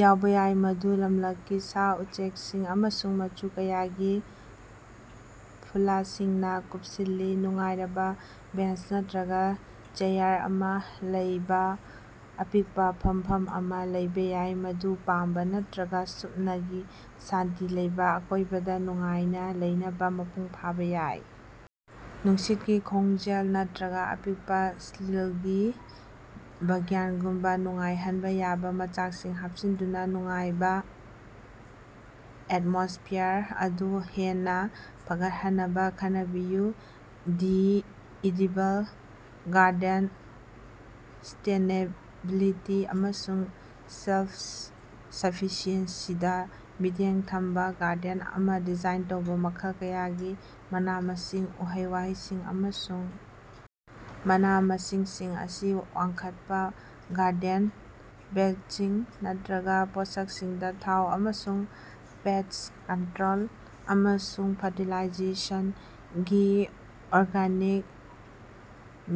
ꯌꯥꯎꯕ ꯌꯥꯏ꯫ ꯃꯗꯨ ꯂꯝꯂꯛꯀꯤ ꯁꯥ-ꯎꯆꯦꯛꯁꯤꯡ ꯑꯃꯁꯨꯡ ꯃꯆꯨ ꯀꯌꯥꯒꯤ ꯐꯨꯂꯁꯤꯡꯅ ꯀꯨꯞꯁꯤꯜꯂꯤ꯫ ꯅꯨꯡꯉꯥꯏꯔꯕ ꯕꯦꯟꯆ ꯅꯠꯇ꯭ꯔꯒ ꯆꯦꯌꯥꯔ ꯑꯃ ꯂꯩꯕ ꯑꯄꯤꯛꯄ ꯐꯝꯐꯝ ꯑꯃ ꯂꯩꯕ ꯌꯥꯏ꯫ ꯃꯗꯨ ꯄꯥꯝꯕ ꯅꯠꯇ꯭ꯔꯒ ꯁꯨꯞꯅꯒꯤ ꯁꯥꯟꯇꯤ ꯂꯩꯕ ꯑꯀꯣꯏꯕꯗ ꯅꯨꯡꯉꯥꯏꯅ ꯂꯩꯅꯕ ꯃꯄꯨꯡ ꯐꯥꯕ ꯌꯥꯏ꯫ ꯅꯨꯡꯁꯤꯠꯀꯤ ꯈꯣꯡꯖꯦꯜ ꯅꯠꯇ꯭ꯔꯒ ꯑꯄꯤꯛꯄ ꯁ꯭ꯂꯤꯜꯒꯤ ꯕꯥꯒꯥꯟꯒꯨꯝꯕ ꯅꯨꯡꯉꯥꯏꯍꯟꯕ ꯌꯥꯕ ꯃꯆꯥꯛꯁꯤꯡ ꯍꯥꯄꯆꯤꯟꯗꯨꯅ ꯅꯨꯡꯉꯥꯏꯕ ꯑꯦꯇꯃꯣꯁ꯭ꯐꯤꯌꯥꯔ ꯑꯗꯨ ꯍꯦꯟꯅ ꯐꯒꯠꯍꯟꯅꯕ ꯈꯟꯅꯕꯤꯌꯨ꯫ ꯗꯤ ꯏꯗꯤꯕꯜ ꯒꯥꯔꯗꯦꯟ ꯁꯁ꯭ꯇꯦꯅꯦꯕꯤꯂꯤꯇꯤ ꯑꯃꯁꯨꯡ ꯁꯦꯜꯐ ꯁꯐꯤꯁꯤꯑꯦꯟꯁꯤꯗ ꯃꯤꯠꯌꯦꯡ ꯊꯝꯕ ꯒꯥꯔꯗꯦꯟ ꯑꯃ ꯗꯤꯖꯥꯏꯟ ꯇꯧꯕ ꯃꯈꯜ ꯀꯌꯥꯒꯤ ꯃꯅꯥ-ꯃꯁꯤꯡ ꯎꯍꯩ-ꯋꯥꯍꯩꯁꯤꯡ ꯑꯃꯁꯨꯡ ꯃꯅꯥ-ꯃꯁꯤꯡꯁꯤꯡ ꯑꯁꯤ ꯋꯥꯡꯈꯠꯄ ꯒꯥꯔꯗꯦꯟ ꯕꯦꯗꯁꯤꯡ ꯅꯠꯇ꯭ꯔꯒ ꯄꯣꯠꯁꯛꯁꯤꯡꯗ ꯊꯥꯎ ꯑꯃꯁꯨꯡ ꯄꯦꯁ꯭ꯠ ꯀꯟꯇ꯭ꯔꯣꯜ ꯑꯃꯁꯨꯡ ꯐꯔꯇꯤꯂꯥꯏꯖꯦꯁꯟꯒꯤ ꯑꯣꯔꯒꯥꯅꯤꯛ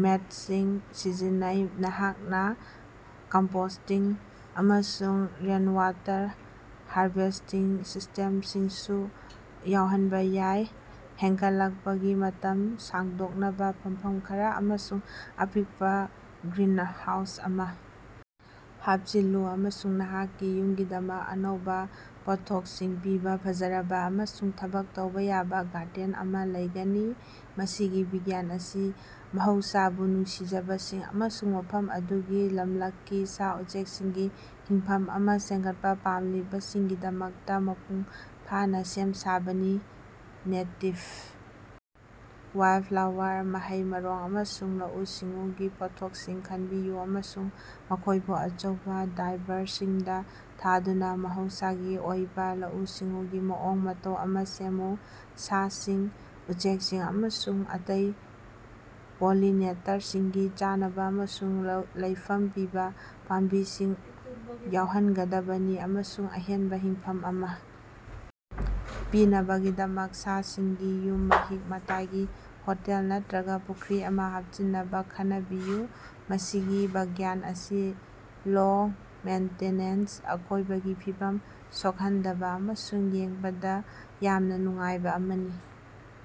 ꯃꯦꯠꯁꯤꯡ ꯁꯤꯖꯤꯟꯅꯧ꯫ ꯅꯍꯥꯛꯅ ꯀꯝꯄꯣꯁ꯭ꯇꯤꯡ ꯑꯃꯁꯨꯡ ꯔꯦꯟꯋꯥꯇꯔ ꯍꯥꯔꯚꯦꯁ꯭ꯇꯤꯡ ꯁꯤꯁ꯭ꯇꯦꯝꯁꯤꯡꯁꯨ ꯌꯥꯎꯍꯟꯕ ꯌꯥꯏ꯫ ꯍꯦꯟꯒꯠꯂꯛꯄꯒꯤ ꯃꯇꯝ ꯁꯥꯡꯗꯣꯛꯅꯕ ꯐꯝꯐꯝ ꯈꯔ ꯑꯃꯁꯨꯡ ꯑꯄꯤꯛꯄ ꯒ꯭ꯔꯤꯟꯍꯥꯎꯁ ꯑꯃ ꯍꯥꯄꯆꯤꯜꯂꯨ ꯑꯃꯁꯨꯡ ꯅꯍꯥꯛꯀꯤ ꯌꯨꯝꯒꯤꯗꯃꯛꯇ ꯑꯅꯧꯕ ꯄꯣꯠꯊꯣꯛꯁꯤꯡ ꯄꯤꯕ ꯐꯖꯔꯕ ꯑꯃꯁꯨꯡ ꯊꯕꯛ ꯇꯧꯕ ꯌꯥꯕ ꯒꯥꯔꯗꯦꯟ ꯑꯃ ꯂꯩꯒꯅꯤ꯫ ꯃꯁꯤꯒꯤ ꯕꯤꯒꯥꯟ ꯑꯁꯤ ꯃꯍꯧꯁꯥꯕꯨ ꯅꯨꯡꯁꯤꯖꯕꯁꯤꯡ ꯑꯃꯁꯨꯡ ꯃꯐꯝ ꯑꯗꯨꯒꯤ ꯂꯝꯂꯛꯀꯤ ꯁꯥ-ꯎꯆꯦꯀꯁꯤꯡꯒꯤ ꯍꯤꯡꯐꯝ ꯑꯃ ꯁꯦꯝꯒꯠꯄ ꯄꯥꯝꯂꯤꯕꯁꯤꯡꯒꯤꯗꯃꯛꯇ ꯃꯄꯨꯡ ꯐꯥꯅ ꯁꯦꯝ ꯁꯥꯕꯅꯤ꯫ꯅꯦꯇꯤꯚ ꯋꯥꯏꯜꯗꯐ꯭ꯂꯥꯋꯥꯔ ꯃꯍꯩ-ꯃꯔꯣꯡ ꯑꯃꯁꯨꯡ ꯂꯧꯎ-ꯁꯤꯡꯎꯒꯤ ꯄꯣꯠꯊꯣꯛꯁꯤꯡ ꯈꯟꯕꯤꯌꯨ ꯑꯃꯁꯨꯡ ꯃꯈꯣꯏꯕꯨ ꯑꯆꯧꯕ ꯗ꯭ꯔꯥꯏꯚꯔꯁꯤꯡꯗ ꯊꯥꯗꯨꯅ ꯃꯍꯧꯁꯥꯒꯤ ꯑꯣꯏꯕ ꯂꯧꯎ-ꯁꯤꯡꯎꯒꯤ ꯃꯑꯣꯡ ꯃꯇꯧ ꯑꯃ ꯁꯦꯝꯃꯨ꯫ ꯁꯥꯁꯤꯡ ꯎꯆꯦꯛꯁꯤꯡ ꯑꯃꯁꯨꯡ ꯑꯇꯩ ꯄꯣꯂꯤꯅꯦꯇꯔꯁꯤꯡꯒꯤ ꯆꯥꯅꯕ ꯑꯃꯁꯨꯡ ꯂꯥ ꯂꯩꯐꯝ ꯄꯤꯕ ꯄꯥꯝꯕꯤꯁꯤꯡ ꯌꯥꯎꯍꯟꯒꯗꯕꯅꯤ ꯑꯃꯁꯨꯡ ꯑꯍꯦꯟꯕ ꯍꯤꯡꯐꯝ ꯑꯃ ꯄꯤꯅꯕꯒꯤꯗꯃꯛ ꯁꯥꯁꯤꯡꯒꯤ ꯌꯨꯝ ꯃꯍꯤꯛ-ꯃꯇꯥꯏꯒꯤ ꯍꯣꯇꯦꯜ ꯅꯠꯇꯔꯒ ꯄꯨꯈ꯭ꯔꯤ ꯑꯃ ꯍꯥꯄꯆꯤꯟꯅꯕ ꯈꯟꯅꯕꯤꯌꯨ꯫ ꯃꯁꯤꯒꯤ ꯕꯥꯒꯥꯟ ꯑꯁꯤ ꯂꯣ ꯃꯦꯟꯇꯦꯅꯦꯟꯁ ꯑꯀꯣꯏꯕꯒꯤ ꯐꯤꯕꯝ ꯁꯣꯛꯍꯟꯗꯕ ꯑꯃꯁꯨꯡ ꯌꯦꯡꯕꯗ ꯌꯥꯝꯅ ꯅꯨꯡꯉꯥꯏꯕ ꯑꯃꯅꯤ꯫